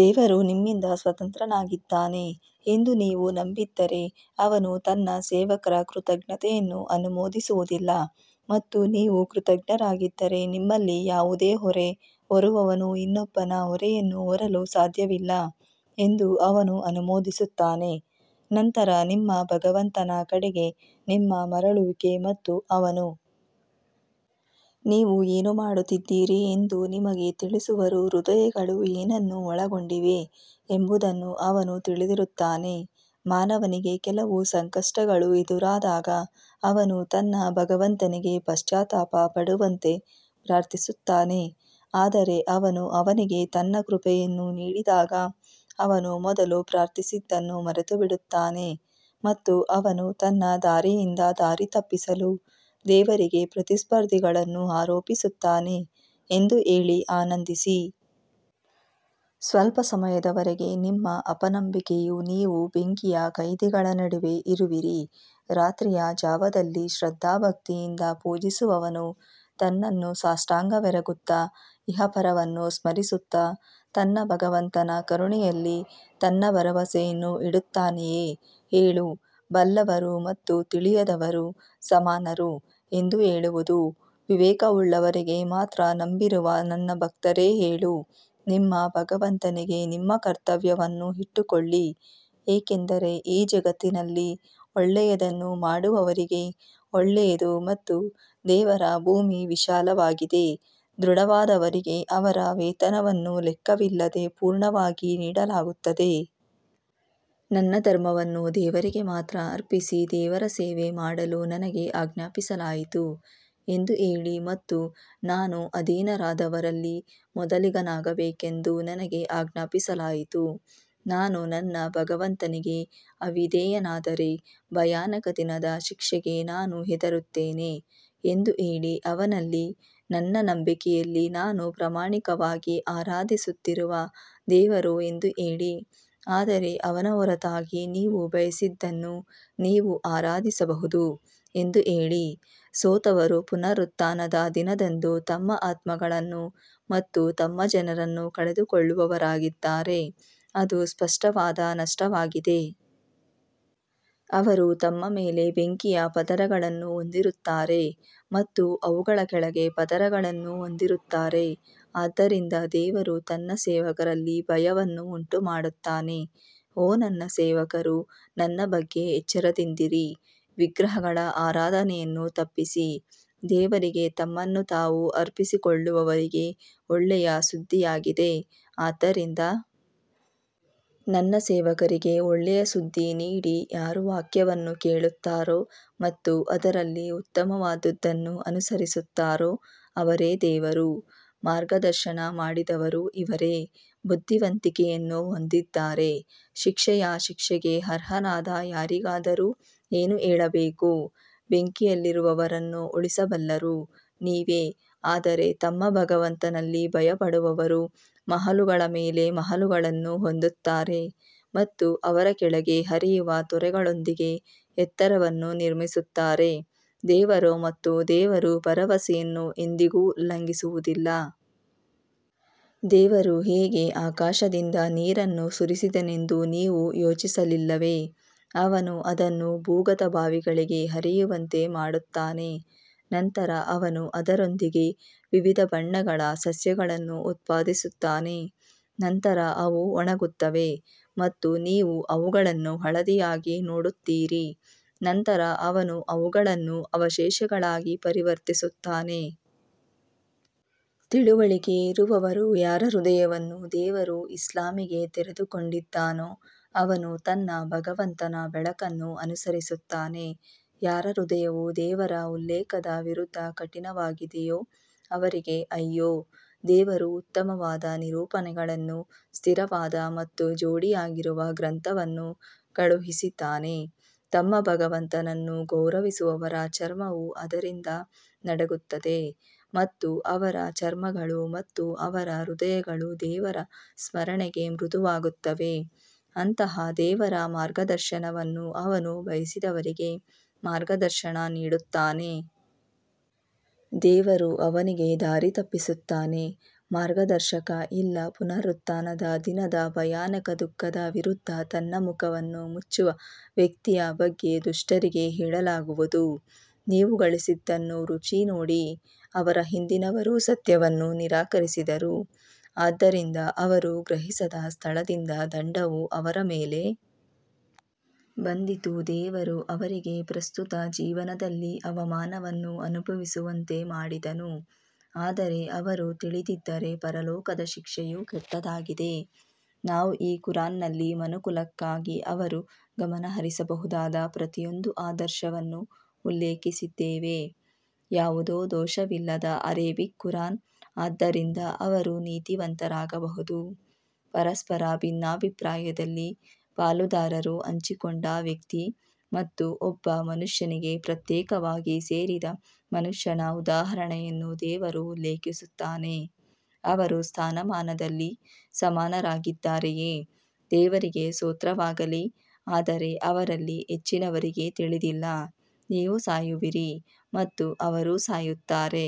ದೇವರು ನಿಮ್ಮಿಂದ ಸ್ವತಂತ್ರನಾಗಿದ್ದಾನೆ ಎಂದು ನೀವು ನಂಬಿದ್ದರೆ, ಅವನು ತನ್ನ ಸೇವಕರ ಕೃತಜ್ಞತೆಯನ್ನು ಅನುಮೋದಿಸುವುದಿಲ್ಲ ಮತ್ತು ನೀವು ಕೃತಜ್ಞರಾಗಿದ್ದರೆ, ನಿಮ್ಮಲ್ಲಿ ಯಾವುದೇ ಹೊರೆ ಹೊರುವವನು ಇನ್ನೊಬ್ಬನ ಹೊರೆಯನ್ನು ಹೊರಲು ಸಾಧ್ಯವಿಲ್ಲ ಎಂದು ಅವನು ಅನುಮೋದಿಸುತ್ತಾನೆ, ನಂತರ ನಿಮ್ಮ ಭಗವಂತನ ಕಡೆಗೆ ನಿಮ್ಮ ಮರಳುವಿಕೆ ಮತ್ತು ಅವನು. ನೀವು ಏನು ಮಾಡುತ್ತಿದ್ದೀರಿ ಎಂದು ನಿಮಗೆ ತಿಳಿಸುವರು ಹೃದಯಗಳು ಏನನ್ನು ಒಳಗೊಂಡಿವೆ ಎಂಬುದನ್ನು ಅವನು ತಿಳಿದಿರುತ್ತಾನೆ ಮಾನವನಿಗೆ ಕೆಲವು ಸಂಕಷ್ಟಗಳು ಎದುರಾದಾಗ ಅವನು ತನ್ನ ಭಗವಂತನಿಗೆ ಪಶ್ಚಾತ್ತಾಪ ಪಡುವಂತೆ ಪ್ರಾರ್ಥಿಸುತ್ತಾನೆ ಆದರೆ ಅವನು ಅವನಿಗೆ ತನ್ನ ಕೃಪೆಯನ್ನು ನೀಡಿದಾಗ ಅವನು ಮೊದಲು ಪ್ರಾರ್ಥಿಸಿದ್ದನ್ನು ಮರೆತುಬಿಡುತ್ತಾನೆ ಮತ್ತು ಅವನು ತನ್ನ ದಾರಿಯಿಂದ ದಾರಿತಪ್ಪಿಸಲು ದೇವರಿಗೆ ಪ್ರತಿಸ್ಪರ್ಧಿಗಳನ್ನು ಆರೋಪಿಸುತ್ತಾನೆ ಎಂದು ಹೇಳಿ ಆನಂದಿಸಿ. ಸ್ವಲ್ಪ ಸಮಯದವರೆಗೆ ನಿಮ್ಮ ಅಪನಂಬಿಕೆಯು ನೀವು ಬೆಂಕಿಯ ಕೈದಿಗಳ ನಡುವೆ ಇರುವಿರಿ ರಾತ್ರಿಯ ಜಾವದಲ್ಲಿ ಶ್ರದ್ಧಾಭಕ್ತಿಯಿಂದ ಪೂಜಿಸುವವನು ತನ್ನನ್ನು ಸಾಷ್ಟಾಂಗವೆರಗುತ್ತಾ ಇಹಪರವನ್ನು ಸ್ಮರಿಸುತ್ತಾ ತನ್ನ ಭಗವಂತನ ಕರುಣೆಯಲ್ಲಿ ತನ್ನ ಭರವಸೆಯನ್ನು ಇಡುತ್ತಾನೆಯೇ ಹೇಳು ಬಲ್ಲವರು ಮತ್ತು ತಿಳಿಯದವರು ಸಮಾನರು ಎಂದು ಹೇಳುವುದು ವಿವೇಕವುಳ್ಳವರಿಗೆ ಮಾತ್ರ ನಂಬಿರುವ ನನ್ನ ಭಕ್ತರೇ ಹೇಳು, ನಿಮ್ಮ ಭಗವಂತನಿಗೆ ನಿಮ್ಮ ಕರ್ತವ್ಯವನ್ನು ಇಟ್ಟುಕೊಳ್ಳಿ ಏಕೆಂದರೆ ಈ ಜಗತ್ತಿನಲ್ಲಿ ಒಳ್ಳೆಯದನ್ನು ಮಾಡುವವರಿಗೆ ಒಳ್ಳೆಯದು ಮತ್ತು ದೇವರ ಭೂಮಿ ವಿಶಾಲವಾಗಿದೆ ದೃಢವಾದವರಿಗೆ ಅವರ ವೇತನವನ್ನು ಲೆಕ್ಕವಿಲ್ಲದೆ ಪೂರ್ಣವಾಗಿ ನೀಡಲಾಗುತ್ತದೆ. ನನ್ನ ಧರ್ಮವನ್ನು ದೇವರಿಗೆ ಮಾತ್ರ ಅರ್ಪಿಸಿ ದೇವರ ಸೇವೆ ಮಾಡಲು ನನಗೆ ಆಜ್ಞಾಪಿಸಲಾಯಿತು ಎಂದು ಹೇಳಿ ಮತ್ತು ನಾನು ಅಧೀನರಾದವರಲ್ಲಿ ಮೊದಲಿಗನಾಗಬೇಕೆಂದು ನನಗೆ ಆಜ್ಞಾಪಿಸಲಾಯಿತು ನಾನು ನನ್ನ ಭಗವಂತನಿಗೆ ಅವಿಧೇಯನಾದರೆ ಭಯಾನಕ ದಿನದ ಶಿಕ್ಷೆಗೆ ನಾನು ಹೆದರುತ್ತೇನೆ ಎಂದು ಹೇಳಿ ಅವನಲ್ಲಿ ನನ್ನ ನಂಬಿಕೆಯಲ್ಲಿ ನಾನು ಪ್ರಾಮಾಣಿಕವಾಗಿ ಆರಾಧಿಸುತ್ತಿರುವ ದೇವರು ಎಂದು ಹೇಳಿ ಆದರೆ ಅವನ ಹೊರತಾಗಿ ನೀವು ಬಯಸಿದ್ದನ್ನು ನೀವು ಆರಾಧಿಸಬಹುದು ಎಂದು ಹೇಳಿ, ಸೋತವರು ಪುನರುತ್ಥಾನದ ದಿನದಂದು ತಮ್ಮ ಆತ್ಮಗಳನ್ನು ಮತ್ತು ತಮ್ಮ ಜನರನ್ನು ಕಳೆದುಕೊಳ್ಳುವವರಾಗಿದ್ದಾರೆ, ಅದು ಸ್ಪಷ್ಟವಾದ ನಷ್ಟವಾಗಿದೆ. ಅವರು ತಮ್ಮ ಮೇಲೆ ಬೆಂಕಿಯ ಪದರಗಳನ್ನು ಹೊಂದಿರುತ್ತಾರೆ ಮತ್ತು ಅವುಗಳ ಕೆಳಗೆ ಪದರಗಳನ್ನು ಹೊಂದಿರುತ್ತಾರೆ ಆದ್ದರಿಂದ ದೇವರು ತನ್ನ ಸೇವಕರಲ್ಲಿ ಭಯವನ್ನು ಉಂಟುಮಾಡುತ್ತಾನೆ ಓ ನನ್ನ ಸೇವಕರು ನನ್ನ ಬಗ್ಗೆ ಎಚ್ಚರದಿಂದಿರಿ ವಿಗ್ರಹಗಳ ಆರಾಧನೆಯನ್ನು ತಪ್ಪಿಸಿ ದೇವರಿಗೆ ತಮ್ಮನ್ನು ತಾವು ಅರ್ಪಿಸಿಕೊಳ್ಳುವವರಿಗೆ ಒಳ್ಳೆಯ ಸುದ್ದಿಯಾಗಿದೆ ಆದ್ದರಿಂದ ನನ್ನ ಸೇವಕರಿಗೆ ಒಳ್ಳೆಯ ಸುದ್ದಿ ನೀಡಿ ಯಾರು ವಾಕ್ಯವನ್ನು ಕೇಳುತ್ತಾರೋ ಮತ್ತು ಅದರಲ್ಲಿ ಉತ್ತಮವಾದದ್ದನ್ನು ಅನುಸರಿಸುತ್ತಾರೋ ಅವರೇ ದೇವರು ಮಾರ್ಗದರ್ಶನ ಮಾಡಿದವರು ಇವರೇ ಬುದ್ಧಿವಂತಿಕೆಯನ್ನು ಹೊಂದಿದ್ದಾರೆ ಶಿಕ್ಷೆಯ ಶಿಕ್ಷೆಗೆ ಅರ್ಹನಾದ ಯಾರಿಗಾದರೂ ಏನು ಹೇಳಬೇಕು, ಬೆಂಕಿಯಲ್ಲಿರುವವರನ್ನು ಉಳಿಸಬಲ್ಲವರು ನೀವೇ ಆದರೆ ತಮ್ಮ ಭಗವಂತನಲ್ಲಿ ಭಯಪಡುವವರು ಮಹಲುಗಳ ಮೇಲೆ ಮಹಲುಗಳನ್ನು ಹೊಂದುತ್ತಾರೆ ಮತ್ತು ಅವರ ಕೆಳಗೆ ಹರಿಯುವ ತೊರೆಗಳೊಂದಿಗೆ ಎತ್ತರವನ್ನು ನಿರ್ಮಿಸುತ್ತಾರೆ, ದೇವರು ಮತ್ತು ದೇವರು ಭರವಸೆಯನ್ನು ಎಂದಿಗೂ ಉಲ್ಲಂಘಿಸುವುದಿಲ್ಲ. ದೇವರು ಹೇಗೆ ಆಕಾಶದಿಂದ ನೀರನ್ನು ಸುರಿಸಿದನೆಂದು ನೀವು ಯೋಚಿಸಲಿಲ್ಲವೇ, ಅವನು ಅದನ್ನು ಭೂಗತ ಬಾವಿಗಳಿಗೆ ಹರಿಯುವಂತೆ ಮಾಡುತ್ತಾನೆ ನಂತರ ಅವನು ಅದರೊಂದಿಗೆ ವಿವಿಧ ಬಣ್ಣಗಳ ಸಸ್ಯಗಳನ್ನು ಉತ್ಪಾದಿಸುತ್ತಾನೆ ನಂತರ ಅವು ಒಣಗುತ್ತವೆ ಮತ್ತು ನೀವು ಅವುಗಳನ್ನು ಹಳದಿಯಾಗಿ ನೋಡುತ್ತೀರಿ ನಂತರ ಅವನು ಅವುಗಳನ್ನು ಅವಶೇಷಗಳಾಗಿ ಪರಿವರ್ತಿಸುತ್ತಾನೆ. ತಿಳುವಳಿಕೆ ಇರುವವರು ಯಾರ ಹೃದಯವನ್ನು ದೇವರು ಇಸ್ಲಾಮಿಗೆ ತೆರೆದುಕೊಂಡಿದ್ದಾನೋ, ಅವನು ತನ್ನ ಭಗವಂತನ ಬೆಳಕನ್ನು ಅನುಸರಿಸುತ್ತಾನೆ, ಯಾರ ಹೃದಯವು ದೇವರ ಉಲ್ಲೇಖದ ವಿರುದ್ಧ ಕಠಿಣವಾಗಿದೆಯೋ ಅವರಿಗೆ ಅಯ್ಯೋ? ದೇವರು ಉತ್ತಮವಾದ ನಿರೂಪಣೆಗಳನ್ನು ಸ್ಥಿರವಾದ ಮತ್ತು ಜೋಡಿಯಾಗಿರುವ ಗ್ರಂಥವನ್ನು ಕಳುಹಿಸಿದ್ದಾನೆ, ತಮ್ಮ ಭಗವಂತನನ್ನು ಗೌರವಿಸುವವರ ಚರ್ಮವು ಅದರಿಂದ ನಡುಗುತ್ತದೆ ಮತ್ತು ಅವರ ಚರ್ಮಗಳು ಮತ್ತು ಅವರ ಹೃದಯಗಳು ದೇವರ ಸ್ಮರಣೆಗೆ ಮೃದುವಾಗುತ್ತವೆ ಅಂತಹ ದೇವರ ಮಾರ್ಗದರ್ಶನವನ್ನು ಅವನು ಬಯಸಿದವರಿಗೆ ಮಾರ್ಗದರ್ಶನ ನೀಡುತ್ತಾನೆ. ದೇವರು ಅವನಿಗೆ ದಾರಿ ತಪ್ಪಿಸುತ್ತಾನೆ ಮಾರ್ಗದರ್ಶಕ ಇಲ್ಲ ಪುನರುತ್ಥಾನದ ದಿನದ ಭಯಾನಕ ದುಃಖದ ವಿರುದ್ಧ ತನ್ನ ಮುಖವನ್ನು ಮುಚ್ಚುವ ವ್ಯಕ್ತಿಯ ಬಗ್ಗೆ ದುಷ್ಟರಿಗೆ ಹೇಳಲಾಗುವುದು ನೀವು ಗಳಿಸಿದ್ದನ್ನು ರುಚಿ ನೋಡಿ ಅವರ ಹಿಂದಿನವರೂ ಸತ್ಯವನ್ನು ನಿರಾಕರಿಸಿದರು, ಆದ್ದರಿಂದ ಅವರು ಗ್ರಹಿಸದ ಸ್ಥಳದಿಂದ ದಂಡವು ಅವರ ಮೇಲೆ ಬಂದಿತು ದೇವರು ಅವರಿಗೆ ಪ್ರಸ್ತುತ ಜೀವನದಲ್ಲಿ ಅವಮಾನವನ್ನು ಅನುಭವಿಸುವಂತೆ ಮಾಡಿದನು ಆದರೆ ಅವರು ತಿಳಿದಿದ್ದರೆ ಪರಲೋಕದ ಶಿಕ್ಷೆಯು ಕೆಟ್ಟದಾಗಿದೆ ನಾವು ಈ ಕುರಾನ್ನಲ್ಲಿ ಮನುಕುಲಕ್ಕಾಗಿ ಅವರು ಗಮನಹರಿಸಬಹುದಾದ ಪ್ರತಿಯೊಂದು ಆದರ್ಶವನ್ನು ಉಲ್ಲೇಖಿಸಿದ್ದೇವೆ ಯಾವುದೇ ದೋಷವಿಲ್ಲದ ಅರೇಬಿಕ್ ಕುರಾನ್ ಆದ್ದರಿಂದ ಅವರು ನೀತಿವಂತರಾಗಬಹುದು ಪರಸ್ಪರ ಭಿನ್ನಾಭಿಪ್ರಾಯದಲ್ಲಿ ಪಾಲುದಾರರು ಹಂಚಿಕೊಂಡ ವ್ಯಕ್ತಿ ಮತ್ತು ಒಬ್ಬ ಮನುಷ್ಯನಿಗೆ ಪ್ರತ್ಯೇಕವಾಗಿ ಸೇರಿದ ಮನುಷ್ಯನ ಉದಾಹರಣೆಯನ್ನು ದೇವರು ಉಲ್ಲೇಖಿಸುತ್ತಾನೆ, ಅವರು ಸ್ಥಾನಮಾನದಲ್ಲಿ ಸಮಾನರಾಗಿದ್ದಾರೆಯೇ, ದೇವರಿಗೆ ಸ್ತೋತ್ರವಾಗಲಿ ಆದರೆ ಅವರಲ್ಲಿ ಹೆಚ್ಚಿನವರಿಗೆ ತಿಳಿದಿಲ್ಲ ನೀವು ಸಾಯುವಿರಿ ಮತ್ತು ಅವರು ಸಾಯುತ್ತಾರೆ.